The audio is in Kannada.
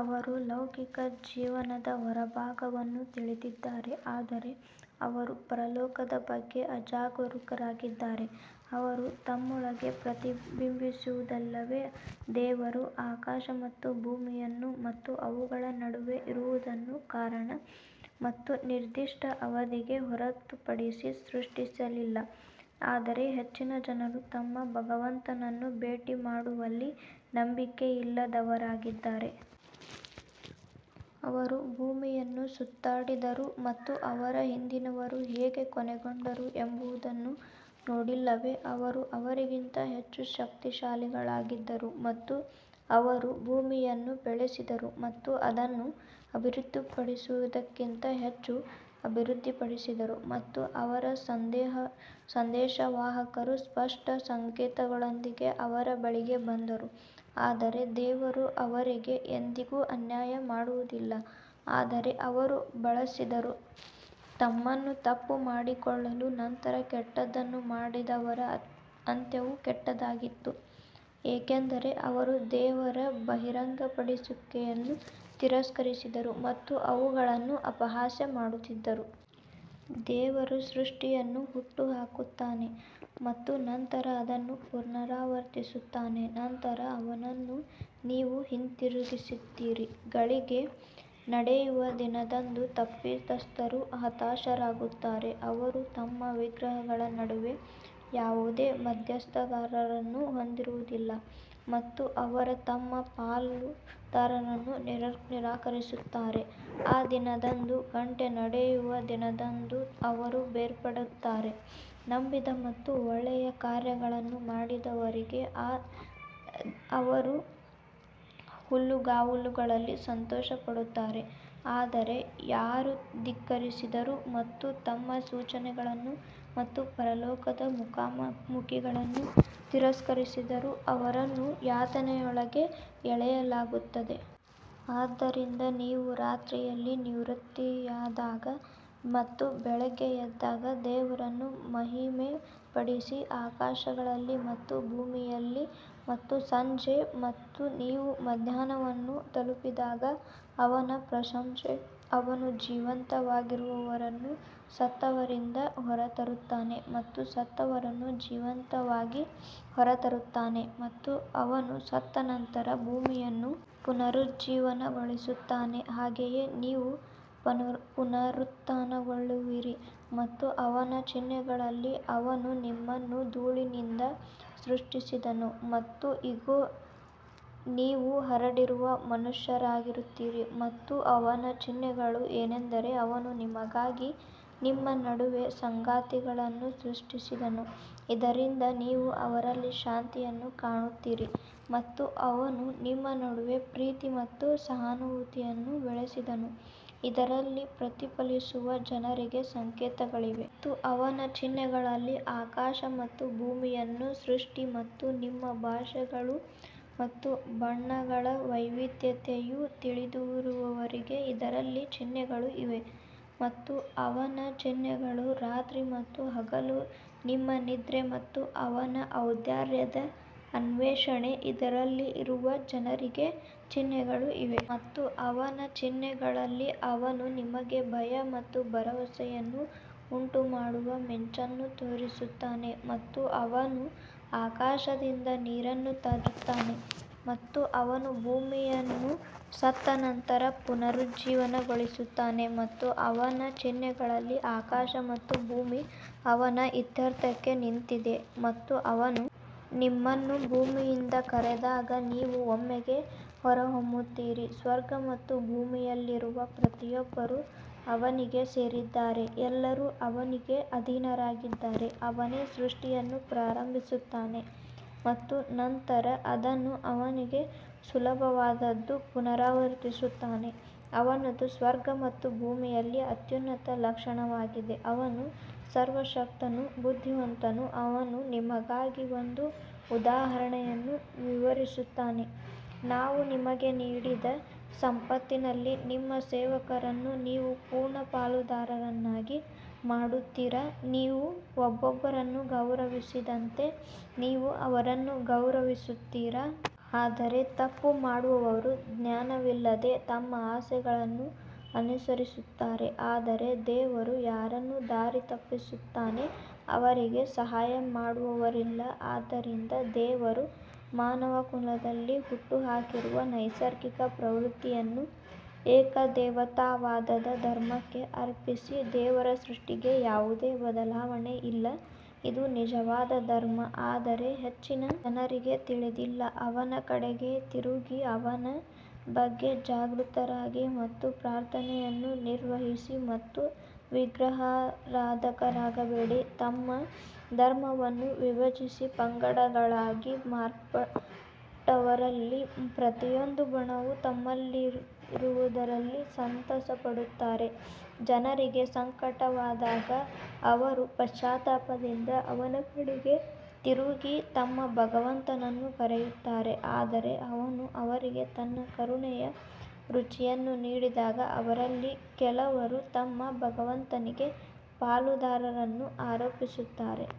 ಅವರು ಲೌಕಿಕ ಜೀವನದ ಹೊರಭಾಗವನ್ನು ತಿಳಿದಿದ್ದಾರೆ ಆದರೆ ಅವರು ಪರಲೋಕದ ಬಗ್ಗೆ ಅಜಾಗರೂಕರಾಗಿದ್ದಾರೆ ಅವರು ತಮ್ಮೊಳಗೆ ಪ್ರತಿಬಿಂಬಿಸುವುದಿಲ್ಲವೇ, ದೇವರು ಆಕಾಶ ಮತ್ತು ಭೂಮಿಯನ್ನು ಮತ್ತು ಅವುಗಳ ನಡುವೆ ಇರುವದನ್ನು ಕಾರಣ ಮತ್ತು ನಿರ್ದಿಷ್ಟ ಅವಧಿಗೆ ಹೊರತುಪಡಿಸಿ ಸೃಷ್ಟಿಸಲಿಲ್ಲ ಆದರೆ ಹೆಚ್ಚಿನ ಜನರು ತಮ್ಮ ಭಗವಂತನನ್ನು ಭೇಟಿ ಮಾಡುವಲ್ಲಿ ನಂಬಿಕೆಯಿಲ್ಲದವರಾಗಿದ್ದಾರೆ. ಅವರು ಭೂಮಿಯನ್ನು ಸುತ್ತಾಡಿದರು ಮತ್ತು ಅವರ ಹಿಂದಿನವರು ಹೇಗೆ ಕೊನೆಗೊಂಡರು ಎಂಬುದನ್ನು ನೋಡಿಲ್ಲವೇ ಅವರು ಅವರಿಗಿಂತ ಹೆಚ್ಚು ಶಕ್ತಿಶಾಲಿಗಳಾಗಿದ್ದರು ಮತ್ತು ಅವರು ಭೂಮಿಯನ್ನು ಬೆಳೆಸಿದರು ಮತ್ತು ಅದನ್ನು ಅಭಿವೃದ್ಧಿಪಡಿಸಿದಕ್ಕಿಂತ ಹೆಚ್ಚು ಅಭಿವೃದ್ಧಿಪಡಿಸಿದರು ಮತ್ತು ಅವರ ಸಂದೇಶವಾಹಕರು ಸ್ಪಷ್ಟ ಸಂಕೇತಗಳೊಂದಿಗೆ ಅವರ ಬಳಿಗೆ ಬಂದರು ಆದರೆ ದೇವರು ಅವರಿಗೆ ಎಂದಿಗೂ ಅನ್ಯಾಯ ಮಾಡುವುದಿಲ್ಲ ಆದರೆ ಅವರು ಬಳಸಿದರು ತಮ್ಮನ್ನು ತಪ್ಪು ಮಾಡಿಕೊಳ್ಳಲು ನಂತರ ಕೆಟ್ಟದ್ದನ್ನು ಮಾಡಿದವರ ಅಂತ್ಯವು ಕೆಟ್ಟದ್ದಾಗಿತ್ತು, ಏಕೆಂದರೆ ಅವರು ದೇವರ ಬಹಿರಂಗಪಡಿಸುವಿಕೆಯನ್ನು ತಿರಸ್ಕರಿಸಿದರು ಮತ್ತು ಅವುಗಳನ್ನು ಅಪಹಾಸ್ಯ ಮಾಡುತ್ತಿದ್ದರು. ದೇವರು ಸೃಷ್ಟಿಯನ್ನು ಹುಟ್ಟುಹಾಕುತ್ತಾನೆ ಮತ್ತು ನಂತರ ಅದನ್ನು ಪುನರಾವರ್ತಿಸುತ್ತಾನೆ ನಂತರ ಅವನನ್ನು ನೀವು ಹಿಂತಿರುಗಿಸುತ್ತೀರಿ ಘಳಿಗೆ ನಡೆಯುವ ದಿನದಂದು ತಪ್ಪಿತಸ್ಥರು ಹತಾಶರಾಗುತ್ತಾರೆ ಅವರು ತಮ್ಮ ವಿಗ್ರಹಗಳ ನಡುವೆ ಯಾವುದೇ ಮಧ್ಯಸ್ಥಗಾರರನ್ನು ಹೊಂದಿರುವುದಿಲ್ಲ ಮತ್ತು ಅವರು ತಮ್ಮ ಪಾಲುದಾರರನ್ನು ನಿರಾಕರಿಸುತ್ತಾರೆ ಆ ದಿನದಂದು ಗಂಟೆ ನಡೆಯುವ ದಿನದಂದು ಅವರು ಬೇರ್ಪಡುತ್ತಾರೆ ನಂಬಿದ ಮತ್ತು ಒಳ್ಳೆಯ ಕಾರ್ಯಗಳನ್ನು ಮಾಡಿದವರಿಗೆ ಅವರು ಹುಲ್ಲುಗಾವಲುಗಳಲ್ಲಿ ಸಂತೋಷಪಡುತ್ತಾರೆ ಆದರೆ ಯಾರು ಧಿಕ್ಕರಿಸಿದರು ಮತ್ತು ನಮ್ಮ ಸೂಚನೆಗಳನ್ನು ಮತ್ತು ಪರಲೋಕದ ಮುಖಾಮುಖಿಗಳನ್ನು ತಿರಸ್ಕರಿಸಿದರು, ಅವರನ್ನು ಯಾತನೆಯೊಳಗೆ ಎಳೆಯಲಾಗುತ್ತದೆ. ಆದ್ದರಿಂದ ನೀವು ರಾತ್ರಿಯಲ್ಲಿ ನಿವೃತ್ತಿಯಾದಾಗ ಮತ್ತು ಬೆಳಿಗ್ಗೆ ಎದ್ದಾಗ ದೇವರನ್ನು ಮಹಿಮೆಪಡಿಸಿ ಆಕಾಶಗಳಲ್ಲಿ ಮತ್ತು ಭೂಮಿಯಲ್ಲಿ ಮತ್ತು ಸಂಜೆ ಮತ್ತು ನೀವು ಮಧ್ಯಾಹ್ನವನ್ನು ತಲುಪಿದಾಗ ಅವನ ಪ್ರಶಂಸೆ ಅವನು ಜೀವಂತವಾಗಿರುವವರನ್ನು ಸತ್ತವರಿಂದ ಹೊರತರುತ್ತಾನೆ ಮತ್ತು ಸತ್ತವರನ್ನು ಜೀವಂತವಾಗಿ ಹೊರತರುತ್ತಾನೆ ಮತ್ತು ಅವನು ಸತ್ತ ನಂತರ ಭೂಮಿಯನ್ನು ಪುನರುಜ್ಜೀವನಗೊಳಿಸುತ್ತಾನೆ ಹಾಗೆಯೇ ನೀವು ಪುನರುತ್ಥಾನಗೊಳ್ಳುವಿರಿ ಮತ್ತು ಅವನ ಚಿಹ್ನೆಗಳಲ್ಲಿ ಅವನು ನಿಮ್ಮನ್ನು ಧೂಳಿನಿಂದ ಸೃಷ್ಟಿಸಿದನು ಮತ್ತು ಇಗೋ, ನೀವು ಹರಡಿರುವ ಮನುಷ್ಯರಾಗುತ್ತೀರಿ ಮತ್ತು ಅವನ ಚಿಹ್ನೆಗಳು ಏನೆಂದರೆ, ಅವನು ನಿಮಗಾಗಿ ನಿಮ್ಮ ನಡುವೆಯೇ ಸಂಗಾತಿಗಳನ್ನು ಸೃಷ್ಟಿಸಿದನು, ಇದರಿಂದ ನೀವು ಅವರಲ್ಲಿ ಶಾಂತಿಯನ್ನು ಕಾಣುತ್ತೀರಿ ಮತ್ತು ಅವನು ನಿಮ್ಮ ನಡುವೆ ಪ್ರೀತಿ ಮತ್ತು ಸಹಾನುಭೂತಿಯನ್ನು ಬೆಳೆಸಿದನು, ಇದರಲ್ಲಿ ಪ್ರತಿಫಲಿಸುವ ಜನರಿಗೆ ಸಂಕೇತಗಳಿವೆ. ಮತ್ತು ಅವನ ಚಿಹ್ನೆಗಳಲ್ಲಿ ಆಕಾಶ ಮತ್ತು ಭೂಮಿಯ ಸೃಷ್ಟಿ ಮತ್ತು ನಿಮ್ಮ ಭಾಷೆಗಳು ಮತ್ತು ಬಣ್ಣಗಳ ವೈವಿಧ್ಯತೆಯು ತಿಳಿದಿರುವವರಿಗೆ ಇದರಲ್ಲಿ ಚಿಹ್ನೆಗಳು ಇವೆ. ಮತ್ತು ಅವನ ಚಿಹ್ನೆಗಳು ರಾತ್ರಿ ಮತ್ತು ಹಗಲು ನಿಮ್ಮ ನಿದ್ರೆ ಮತ್ತು ಅವನ ಔದಾರ್ಯದ ಅನ್ವೇಷಣೆ ಇದರಲ್ಲಿ ಕೇಳುವ ಜನರಿಗೆ ಚಿಹ್ನೆಗಳು ಇವೆ. ಮತ್ತು ಅವನ ಚಿಹ್ನೆಗಳಲ್ಲಿ ಅವನು ನಿಮಗೆ ಭಯ ಮತ್ತು ಭರವಸೆಯನ್ನು ಉಂಟುಮಾಡುವ ಮಿಂಚನ್ನು ತೋರಿಸುತ್ತಾನೆ ಮತ್ತು ಅವನು ಆಕಾಶದಿಂದ ನೀರನ್ನು ತರುತ್ತಾನೆ ಮತ್ತು ಅವನು ಭೂಮಿಯನ್ನು ಸತ್ತ ನಂತರ ಪುನರುಜ್ಜೀವನಗೊಳಿಸುತ್ತಾನೆ. ಮತ್ತು ಅವನ ಚಿಹ್ನೆಗಳಲ್ಲಿ ಆಕಾಶ ಮತ್ತು ಭೂಮಿ ಅವನ ಇತ್ಯರ್ಥಕ್ಕೆ ನಿಂತಿದೆ ಮತ್ತು ಅವನು ನಿಮ್ಮನ್ನು ಭೂಮಿಯಿಂದ ಕರೆದಾಗ ನೀವು ಒಮ್ಮೆಗೇ ಹೊರಹೊಮ್ಮುತ್ತೀರಿ ಸ್ವರ್ಗ ಮತ್ತು ಭೂಮಿಯಲ್ಲಿರುವ ಪ್ರತಿಯೊಬ್ಬರೂ ಅವನಿಗೇ ಸೇರಿದ್ದಾರೆ ಎಲ್ಲರೂ ಅವನಿಗೆ ಅಧೀನರಾಗಿದ್ದಾರೆ ಅವನೇ ಸೃಷ್ಟಿಯನ್ನು ಪ್ರಾರಂಭಿಸುತ್ತಾನೆ ಮತ್ತು ನಂತರ ಅದನ್ನು ಅವನಿಗೆ ಸುಲಭವಾದದ್ದನ್ನು ಪುನರಾವರ್ತಿಸುತ್ತಾನೆ ಅವನದು ಸ್ವರ್ಗ ಮತ್ತು ಭೂಮಿಯಲ್ಲಿ ಅತ್ಯುನ್ನತ ಲಕ್ಷಣವಾಗಿದೆ ಅವನು ಸರ್ವಶಕ್ತನು ಬುದ್ಧಿವಂತನು ಅವನು ನಿಮಗಾಗಿ ಒಂದು ಉದಾಹರಣೆಯನ್ನು ವಿವರಿಸುತ್ತಾನೆ, ನಾವು ನಿಮಗೆ ನೀಡಿದ ಸಂಪತ್ತಿನಲ್ಲಿ ನಿಮ್ಮ ಸೇವಕರನ್ನು ನೀವು ಪೂರ್ಣ ಪಾಲುದಾರರನ್ನಾಗಿ ಮಾಡುತ್ತೀರಾ, ನೀವು ಒಬ್ಬರನ್ನೊಬ್ಬರು ಗೌರವಿಸಿದಂತೆ ನೀವು ಅವರನ್ನು ಗೌರವಿಸುತ್ತೀರಾ? ಆದರೆ ತಪ್ಪು ಮಾಡುವವರು ಜ್ಞಾನವಿಲ್ಲದೆ ತಮ್ಮ ಆಸೆಗಳನ್ನು ಅನುಸರಿಸುತ್ತಾರೆ ಆದರೆ ದೇವರು ಯಾರನ್ನು ದಾರಿತಪ್ಪಿಸುತ್ತಾನೆ, ಅವರಿಗೆ ಸಹಾಯ ಮಾಡುವವರಿಲ್ಲ ಆದ್ದರಿಂದ ದೇವರು ಮಾನವಕುಲದಲ್ಲಿ ಹುಟ್ಟುಹಾಕಿರುವ ನೈಸರ್ಗಿಕ ಪ್ರವೃತ್ತಿಯನ್ನು ಏಕದೇವತಾವಾದದ ಧರ್ಮಕ್ಕೆ ಅರ್ಪಿಸಿ, ದೇವರ ಸೃಷ್ಟಿಗೆ ಯಾವುದೇ ಬದಲಾವಣೆ ಇಲ್ಲ ಇದು ನಿಜವಾದ ಧರ್ಮ ಆದರೆ ಹೆಚ್ಚಿನ ಜನರಿಗೆ ತಿಳಿದಿಲ್ಲ ಅವನ ಕಡೆಗೆ ತಿರುಗಿ ಅವನ ಬಗ್ಗೆ ಜಾಗೃತರಾಗಿರಿ ಮತ್ತು ಪ್ರಾರ್ಥನೆಯನ್ನು ನಿರ್ವಹಿಸಿ ಮತ್ತು ವಿಗ್ರಹಾರಾಧಕರಾಗಿರಬೇಡಿ ತಮ್ಮ ಧರ್ಮವನ್ನು ವಿಭಜಿಸಿ ಪಂಗಡಗಳಾಗಿ ಮಾರ್ಪಟ್ಟವರಲ್ಲಿ ಪ್ರತಿಯೊಂದು ಬಣವೂ ತಮ್ಮಲ್ಲಿರುವದರಲ್ಲಿ ಸಂತಸಪಡುತ್ತಾರೆ ಜನರಿಗೆ ಸಂಕಟವುಂಟಾದಾಗ ಅವರು ಪಶ್ಚಾತ್ತಾಪದಿಂದ ಅವನ ಕಡೆಗೆ ತಿರುಗಿ ತಮ್ಮ ಭಗವಂತನನ್ನು ಕರೆಯುತ್ತಾರೆ ಆದರೆ ಅವನು ಅವರಿಗೆ ತನ್ನ ಕರುಣೆಯ ರುಚಿಯನ್ನು ನೀಡಿದಾಗ ಅವರಲ್ಲಿ ಕೆಲವರು ತಮ್ಮ ಭಗವಂತನಿಗೆ ಪಾಲುದಾರರನ್ನು ಆರೋಪಿಸುತ್ತಾರೆ.